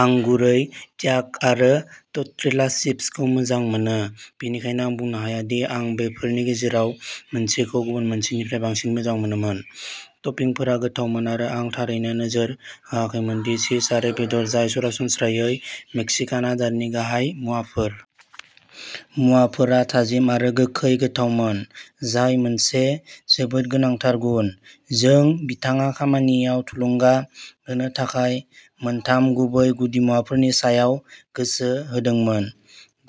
आं गुरै ट्याक'आरो टर्टिला चिप्सखौ मोजां मोनो, बेनिखायनो आं बुंनो हाया दि आं बेफोरनि गेजेराव मोनसेखौ गुबुन मोनसेनिफ्राय बांसिन मोजां मोनोमोन। टपिंफोरा गोथावमोन आरो आं थारैनो नोजोर होआखैमोन दि चीज आरो बेदर जाय सरासनस्रायै मेक्सिकान आदारनि गाहाय मुवाफोर। मुवाफोरा थाजिम आरो गोखै गोथावमोन जाय मोनसे जोबोद गोनांथार गुन। जों, बिथाङा खामानियाव थुलुंगा होनो थाखाय मोनथाम गुबै गुदिमुवाफोरनि सायाव गोसो होदोंमोनः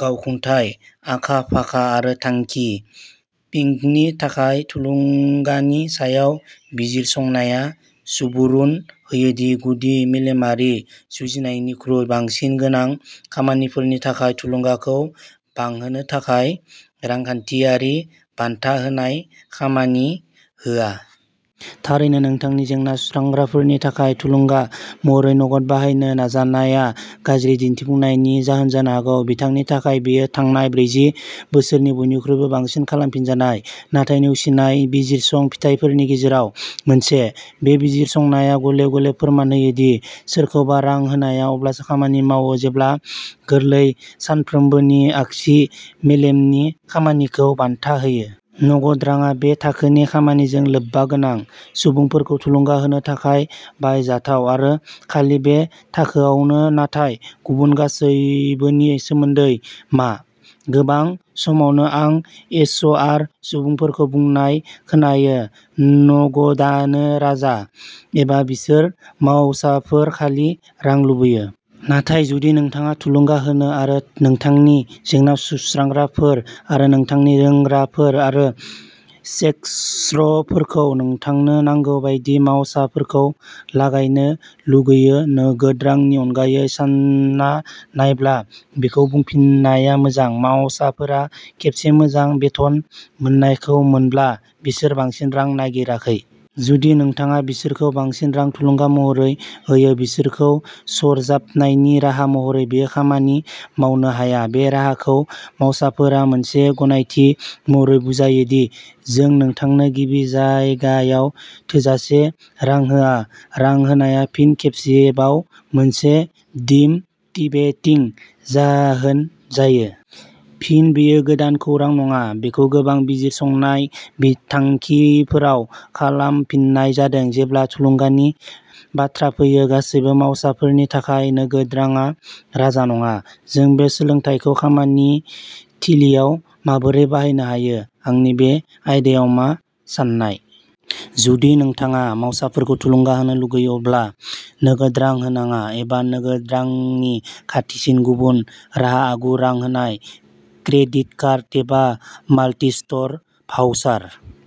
गावखुंथाय, आखा-फाखा आरो थांखि। पिंकनि थाखाय, थुलुंगानि सायाव बिजिरसंनाया सुबुरुन होयो दि, गुदि मेलेमारि जुजिनायनिख्रुइ बांसिन गोनां खामानिफोरनि थाखाय, थुलुंगाखौ बांहोनो थाखाय रांखान्थियारि बान्था होनाय खामानि होआ। थारैनो, नोंथांनि जेंना-सुस्रांग्राफोरनि थाखाय थुलुंगा महरै नगद बाहायनो नाजानाया गाज्रि दिन्थिफुंनायनि जाहोन जानो हागौ। बिथांनि थाखाय, बेयो थांनाय ब्रैजि बोसोरनि बयनिख्रुइबो बांसिन खालामफिनजानाय नाथाय नेवसिनाय बिजिरसं फिथाइफोरनि गेजेराव मोनसे। बे बिजिरसंनाया गले-गले फोरमान होयो दि सोरखौबा रां होनाया अब्लासो खामानि मावो जेब्ला गोरलै, सानफ्रोमबोनि आगसि-मेलेमनि खामानिखौ बान्था होयो। नगद रांआ बे थाखोनि खामानिजों लोब्बागोनां सुबुंफोरखौ थुलुंगा होनो थाखाय बाहायजाथाव आरो खालि बे थाखोआवनो। नाथाय गुबुन गासैबोनि सोमोन्दै मा? गोबां समावनो आं एचआर सुबुंफोरखौ बुंनाय खोनायोः'नगदानो राजा'; एबाः'बिसोर मावसाफोर खालि रां लुबैयो! 'नाथाय जुदि नोंथाङा थुलुंगा होनो आरो नोंथांनि जेंना-सुस्रांग्राफोर आरो नोंथांनि रोंग्राफोर आरो शेकस्रफोरखौ नोंथांनो नांगौ बायदि मावसाफोरखौ लागायनो लुगैयो। नोगोद रांनि अनगायै सानना नायब्ला। बेखौ बुंफिननाया मोजांः मावसाफोरा खेबसे मोजां बेथन मोननायखौ मोनब्ला, बिसोर बांसिन रां नागिराखै। जुदि नोंथाङा बिसोरखौ बांसिन रां थुलुंगा महरै होयो-बिसोरखौ सरजाबनायनि राहा महरै, बेयो खामानि मावनो हाया। बे राहाखौ मावसाफोरा मोनसे गनायथि महरै बुजायो दिः जों नोंथांनो गिबि जायगायाव थोजासे रां होआ। रां होनाया फिन खेबसेबाव मोनसे डिम'टिभेटिं जाहोन जायो। फिन, बेयो गोदान खौरां नङाः बेखौ गोबां बिजिरसंनाय बिथांखिफोराव खालामफिननाय जादों। जेब्ला थुलुंगानि बाथ्रा फैयो, गासैबो मावसाफोरनि थाखाय नोगोद रांआ राजा नङा। जों बे सोलोंथायखौ खामानि थिलिआव माबोरै बाहायनो हायो? आंनि बे आयदायाव मा साननाय? जुदि नोंथाङा मावसाफोरखौ थुलुंगा होनो लुगैयो अब्ला नोगोद रां होनाङा, एबा नोगोद रांनि खाथिसिन गुबुन राहा-आगु-रां होनाय क्रेडिट कार्ड एबा माल्टिस्ट'र भाउचार।